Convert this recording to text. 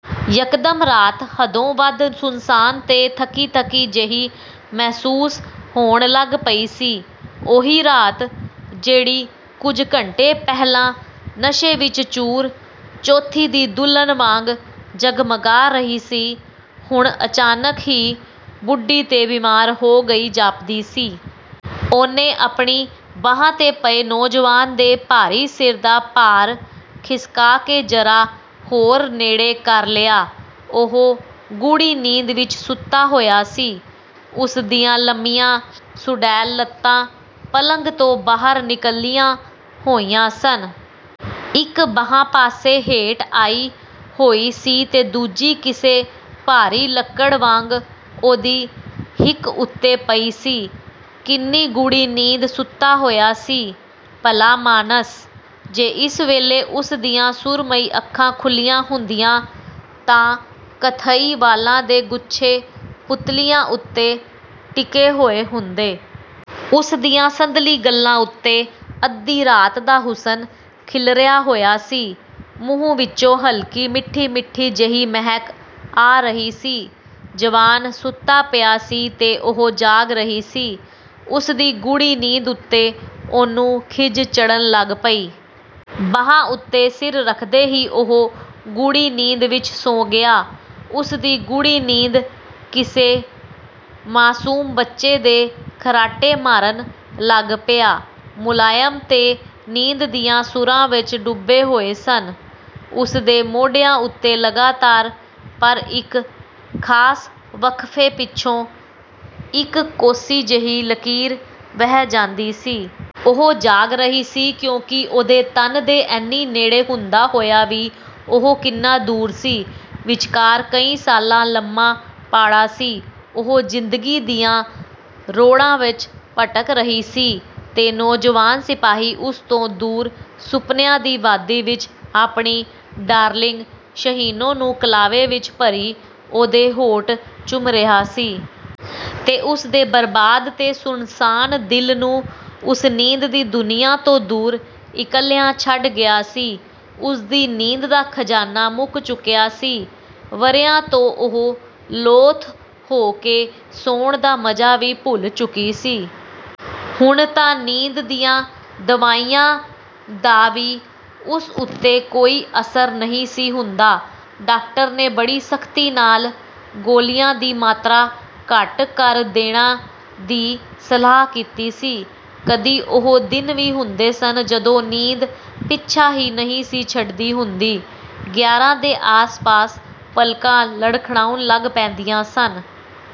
ਯਕਦਮ ਰਾਤ ਹੱਦੋਂ ਵੱਧ ਸੁੰਨਸਾਨ ਤੇ ਥੱਕੀ-ਥੱਕੀ ਜਿਹੀ ਮਹਿਸੂਸ ਹੋਣ ਲੱਗ ਪਈ ਸੀ। ਉਹੀ ਰਾਤ, ਜਿਹੜੀ ਕੁਝ ਘੰਟੇ ਪਹਿਲਾਂ ਨਸ਼ੇ ਵਿੱਚ ਚੂਰ, ਚੌਥੀ ਦੀ ਦੁਲਹਨ ਵਾਂਗ ਜਗਮਗਾ ਰਹੀ ਸੀ, ਹੁਣ ਅਚਾਨਕ ਹੀ ਬੁੱਢੀ ਤੇ ਬਿਮਾਰ ਹੋ ਗਈ ਜਾਪਦੀ ਸੀ। ਉਹਨੇ ਆਪਣੀ ਬਾਂਹ ਤੇ ਪਏ ਨੌਜਵਾਨ ਦੇ ਭਾਰੀ ਸਿਰ ਦਾ ਭਾਰ ਖਿਸਕਾ ਕੇ ਜ਼ਰਾ ਹੋਰ ਨੇੜੇ ਕਰ ਲਿਆ। ਉਹ ਗੂੜ੍ਹੀ ਨੀਂਦ ਵਿੱਚ ਸੁੱਤਾ ਹੋਇਆ ਸੀ। ਉਸਦੀਆਂ ਲੰਮੀਆਂ, ਸੁਡੌਲ ਲੱਤਾਂ ਪਲੰਘ ਤੋਂ ਬਾਹਰ ਨਿਕਲੀਆਂ ਹੋਈਆਂ ਸਨ। ਇੱਕ ਬਾਂਹ ਪਾਸੇ ਹੇਠ ਆਈ ਹੋਈ ਸੀ ਤੇ ਦੂਜੀ ਕਿਸੇ ਭਾਰੀ ਲੱਕੜ ਵਾਂਗ ਉਹਦੀ ਹਿੱਕ ਉੱਤੇ ਪਈ ਸੀ। ਕਿੰਨੀ ਗੂੜ੍ਹੀ ਨੀਂਦ ਸੁੱਤਾ ਹੋਇਆ ਸੀ, ਭਲਾਮਾਣਸ! ਜੇ ਇਸ ਵੇਲੇ ਉਸਦੀਆਂ ਸੁਰਮਈ ਅੱਖਾਂ ਖੁੱਲ੍ਹੀਆਂ ਹੁੰਦੀਆਂ, ਤਾਂ ਕਥਈ ਵਾਲਾਂ ਦੇ ਗੁੱਛੇ ਪੁਤਲੀਆਂ ਉੱਤੇ ਟਿਕੇ ਹੋਏ ਹੁੰਦੇ। ਉਸਦੀਆਂ ਸੰਦਲੀ ਗੱਲ੍ਹਾਂ ਉੱਤੇ ਅੱਧੀ ਰਾਤ ਦਾ ਹੁਸਨ ਖਿੱਲਰਿਆ ਹੋਇਆ ਸੀ। ਮੂੰਹ ਵਿਚੋਂ ਹਲਕੀ ਮਿੱਠੀ-ਮਿੱਠੀ ਜਿਹੀ ਮਹਿਕ ਆ ਰਹੀ ਸੀ । ਜਵਾਨ ਸੁੱਤਾ ਪਿਆ ਸੀ ਤੇ ਉਹ ਜਾਗ ਰਹੀ ਸੀ। ਉਸਦੀ ਗੂੜ੍ਹੀ ਨੀਂਦ ਉੱਤੇ ਉਹਨੂੰ ਖਿਝ ਚੜ੍ਹਨ ਲੱਗ ਪਈ। ਬਾਂਹ ਉੱਤੇ ਸਿਰ ਰੱਖਦੇ ਹੀ ਉਹ ਗੂੜ੍ਹੀ ਨੀਂਦ ਵਿੱਚ ਸੌਂ ਗਿਆ। ਉਸਦੀ ਗੂੜ੍ਹੀ ਨੀਂਦ ਕਿਸੇ ਮਾਸੂਮ ਬੱਚੇ ਦੇ ਖਰਾਟੇ ਮਾਰਨ ਲੱਗ ਪਿਆ, ਮੁਲਾਇਮ ਤੇ ਨੀਂਦ ਦੀਆਂ ਸੁਰਾਂ ਵਿੱਚ ਡੁੱਬੇ ਹੋਏ ਸਨ। ਉਸਦੇ ਮੋਢਿਆਂ ਉੱਤੇ ਲਗਾਤਾਰ, ਪਰ ਇੱਕ ਖਾਸ ਵਕਫ਼ੇ ਪਿੱਛੋਂ, ਇੱਕ ਕੋਸੀ ਜਿਹੀ ਲਕੀਰ ਵਹਿ ਜਾਂਦੀ ਸੀ। ਉਹ ਜਾਗ ਰਹੀ ਸੀ, ਕਿਉਂਕਿ ਉਹਦੇ ਤਨ ਦੇ ਏਨੀ ਨੇੜੇ ਹੁੰਦਾ ਹੋਇਆ ਵੀ ਉਹ ਕਿੰਨਾ ਦੂਰ ਸੀ। ਵਿਚਕਾਰ ਕਈ ਸਾਲਾਂ ਲੰਮਾ ਪਾੜਾ ਸੀ। ਉਹ ਜ਼ਿੰਦਗੀ ਦੀਆਂ ਰੌੜਾਂ ਵਿੱਚ ਭਟਕ ਰਹੀ ਸੀ ਤੇ ਨੌਜਵਾਨ ਸਿਪਾਹੀ ਉਸ ਤੋਂ ਦੂਰ ਸੁਪਨਿਆਂ ਦੀ ਵਾਦੀ ਵਿੱਚ ਆਪਣੀ ਡਾਰਲਿੰਗ ਸ਼ਹੀਨੋ ਨੂੰ ਕਲਾਵੇ ਵਿੱਚ ਭਰੀ ਉਹਦੇ ਹੋਂਠ ਚੁੰਮ ਰਿਹਾ ਸੀ... ਤੇ ਉਸਦੇ ਬਰਬਾਦ ਤੇ ਸੁੰਨਸਾਨ ਦਿਲ ਨੂੰ, ਉਸ ਨੀਂਦ ਦੀ ਦੁਨੀਆ ਤੋਂ ਦੂਰ, ਇਕੱਲਿਆਂ ਛੱਡ ਗਿਆ ਸੀ। ਉਸਦੀ ਨੀਂਦ ਦਾ ਖ਼ਜ਼ਾਨਾ ਮੁੱਕ ਚੁੱਕਿਆ ਸੀ। ਵਰ੍ਹਿਆਂ ਤੋਂ ਉਹ ਲੋਥ ਹੋ ਕੇ ਸੌਣ ਦਾ ਮਜ਼ਾ ਵੀ ਭੁੱਲ ਚੁੱਕੀ ਸੀ। ਹੁਣ ਤਾਂ ਨੀਂਦ ਦੀਆਂ ਦਵਾਈਆਂ ਦਾ ਵੀ ਉਸ ਉੱਤੇ ਕੋਈ ਅਸਰ ਨਹੀਂ ਸੀ ਹੁੰਦਾ। ਡਾਕਟਰ ਨੇ ਬੜੀ ਸਖ਼ਤੀ ਨਾਲ ਗੋਲੀਆਂ ਦੀ ਮਾਤਰਾ ਘੱਟ ਕਰ ਦੇਣਾ ਦੀ ਸਲਾਹ ਕੀਤੀ ਸੀ। ਕਦੀ ਉਹ ਦਿਨ ਵੀ ਹੁੰਦੇ ਸਨ, ਜਦੋਂ ਨੀਂਦ ਪਿੱਛਾ ਹੀ ਨਹੀਂ ਸੀ ਛੱਡਦੀ ਹੁੰਦੀ। ਗਿਆਰਾਂ ਦੇ ਆਸ-ਪਾਸ ਪਲਕਾਂ ਲੜਖੜਾਉਣ ਲੱਗ ਪੈਂਦੀਆਂ ਸਨ।